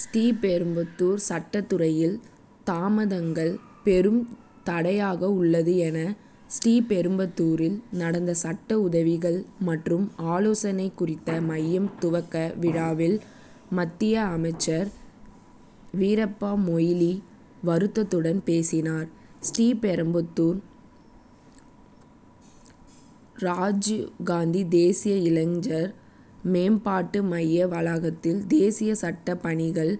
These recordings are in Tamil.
ஸ்ரீபெரும்புதூர் சட்டத் துறையில் தாமதங்கள் பெரும் தடையாக உள்ளது என ஸ்ரீபெரும்புதூரில் நடந்த சட்ட உதவிகள் மற்றும் ஆலோசனை குறித்த மையம் துவக்க விழாவில் மத்திய அமைச்சர் வீரப்ப மொய்லி வருத்தத்துடன் பேசினார். ஸ்ரீ பெரும்புதூர் ராஜிவ்காந்தி தேசிய இளைஞர் மேம்பாட்டு மைய வளாகத்தில் தேசிய சட்டப் பணிகள்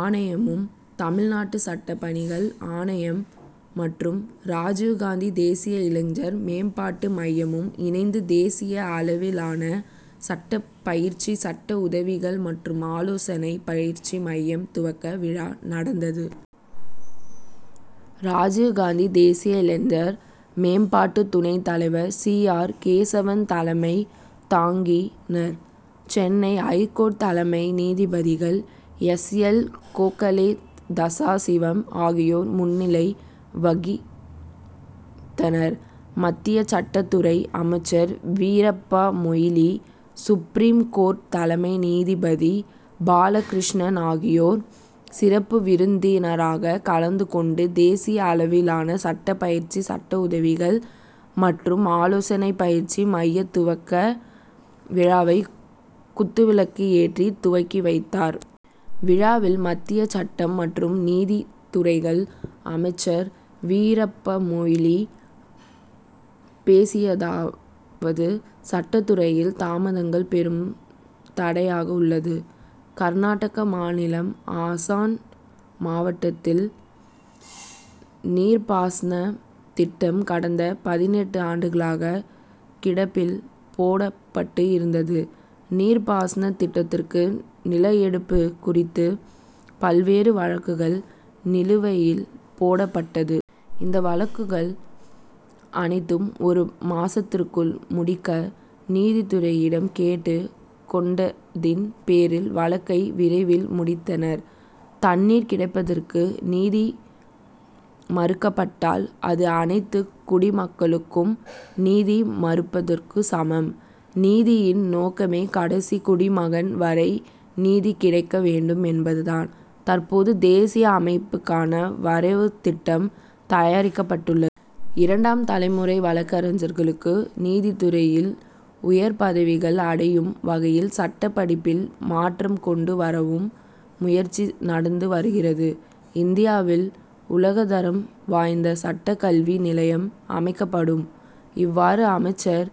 ஆணையமும் தமிழ்நாடு சட்டப் பணிகள் ஆணையம் மற்றும் ராஜிவ்காந்தி தேசிய இளைஞர் மேம்பாட்டு மையமும் இணைந்து தேசிய அளவிலான சட்டபயிற்சி சட்ட உதவிகள் மற்றும் ஆலோசனை பயிற்சி மையம் துவக்க விழா நடந்தது. ராஜிவ்காந்தி தேசிய இளைஞர் மேம்பாட்டு துணைத் தலைவர் சி. ஆர். கேசவன் தலைமை தாங்கினர். சென்னை ஐகோர்ட் தலைமை நீதிபதிகள் எச். எல். கோகலே சதாசிவம் ஆகியோர் முன்னிலை வகித்தனர். மத்திய சட்டத் துறை அமைச்சர் வீரப்பமொய்லி சுப்ரீம் கோர்ட் தலைமை நீதிபதி பாலகிருஷ்ணன் ஆகியோர் சிறப்பு விருந்தினராக கலந்து கொண்டு தேசிய அளவிளான சட்ட பயிற்சி சட்ட உதவிகள் மற்றும் ஆலோசனை பயிற்சி மையத் துவக்க விழாவை குத்து விளக்கு ஏற்றி துவக்கி வைத்தார். விழாவில் மத்திய சட்டம் மற்றும் நீதித்துறைகள் அமைச்சர் வீரப்பமொய்லி பேசியதாவது சட்டத்துறையில் தாமதங்கள் பெரும் தடையாக உள்ளது. கர்நாடக மாநிலம் ஆசன் மாவட்டத் தில் நீர்பாசனத் திட்டம் கடந்த பதினெட்டு ஆண்டுகளாக கிடப்பில் போடப்பட்டு இருந்தது. நீர்ப்பாசன திட்டத்திற்கு நில எடுப்பு குறித்து பல்வேறு வழக்குகள் நிலுவையில் போடப் பட்டது. இந்த வழக்குகள் அனைத்தும் ஒரு மாசத்திற்குள் முடிக்க நீதித்துறையிடம் கேட்டுக் கொண்டதின் பேரில் வழக்கை விரைவில் முடித்தனர். தண்ணீர் கிடைப்பதற்கு நீதி மறுக்கப்பட்டால் அது அனைத்து குடிமக்களுக்கும் நீதி மறுப்பதற்கு சமம். நீதியின் நோக்கமே கடைசி குடிமகன் வரை நீதி கிடைக்க வேண்டும் என்பதுதான். தற்போது தேசிய அமைப்புக்கான வரைவு திட்டம் தயாரிக்கப்பட்டுள்ள. இரண்டாம் தலைமுறை வழக்கறிஞர்களுக்கு நீதித்துறையில் உயர் பதவிகள் அடையும் வகையில் சட்டப் படிப்பில் மாற்றம் கொண்டு வரவும் முயற்சி நடந்து வருகிறது. இந்தியாவில் உலகத்தரம் வாய்ந்த சட்ட கல்வி நிலையம் அமைக்கப்படும். இவ்வாறு அமைச்சர்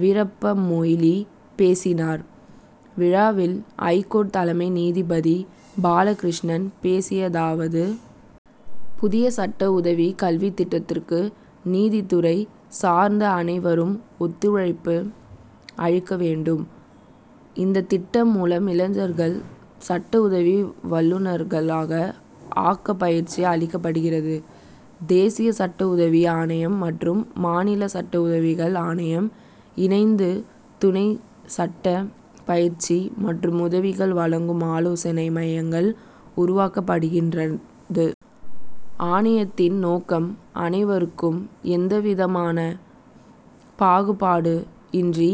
வீரப்பமொய்லி பேசினார். விழாவில் ஐகோர்ட் தலைமை நீதிபதி பாலகிருஷ்ணன் பேசியதாவது. புதிய சட்ட உதவி கல்வித்திட்டத்திற்கு நீதித்துறை சார்ந்த அனைவரும் ஒத்துழைப்பு அளிக்க வேண்டும். இந்த திட்டம் மூலம் இளைஞர்களை சட்ட உதவி வல்லுனர்களாக ஆக்க பயிற்சி அளிக்கப்படுகிறது. தேசிய சட்ட உதவி ஆணையம் மற்றும் மாநில சட்ட உதவிகள் ஆணையம் இணைந்து துணை சட்டப் பயிற்சி மற்றும் உதவிகள் வழங்கும் ஆலோசனை மையங்கள் உருவாக்கப்படுகின்றது. ஆணையத்தின் நோக்கம் அனைவருக்கும் எந்தவிதமான பாகுபாடு இன்றி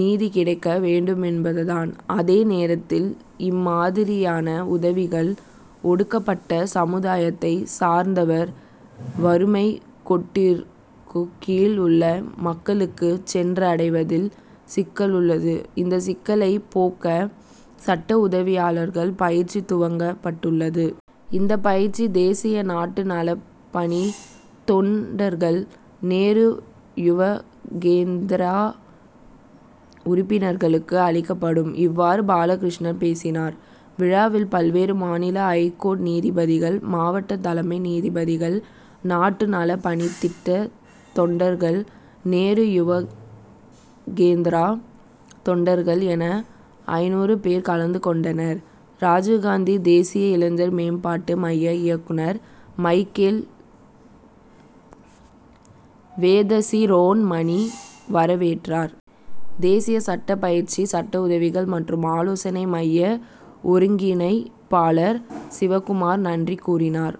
நீதி கிடைக்க வேண்டும் என்பது தான். அதே நேரத்தில் இம்மாதிரியான உதவிகள் ஒடுக்கப்பட்ட சமுதாயத்தை சார்ந்தவர் வறுமைக் கோட்டிற்கு கீழ் உள்ள மக்களுக்கு சென்றடைவதில் சிக்கல் உள்ளது. இந்த சிக்கலை போக்க சட்ட உதவியாளர்கள் பயிற்சி துவங்கப் பட்டுள்ளது. இந்த பயிற்சி தேசிய நாட்டு நலப்பணி தொண் டர்கள் நேரு யுவக்கேந்தரா உறுப்பினர்களுக்கு அளிக்கப்படும். இவ்வாறு பாலகிருஷ்ணன் பேசினார். விழாவில் பல்வேறு மாநில ஐகோர்ட் நீதிபதிகள் மாவட்ட தலைமை நீதிபதிகள் நாட்டு நலப்பணித்திட்ட தொண்டர்கள் நேரு யுவக்கேந்திரா தொண்டர்கள் என ஐநூறு பேர் கலந்துகொண்டனர். ராஜிவ்காந்தி தேசிய இளைஞர் மேம்பாட்டு மைய இயக்குனர் மைக்கேல் வேத சிரோண்மணி வரவேற்றார். தேசிய சட்ட பயிற்சி சட்ட உதவிகள் மற்றும் ஆலோசனை மைய ஒருங்கிணைப்பாளர் சிவகுமார் நன்றி கூறினார்.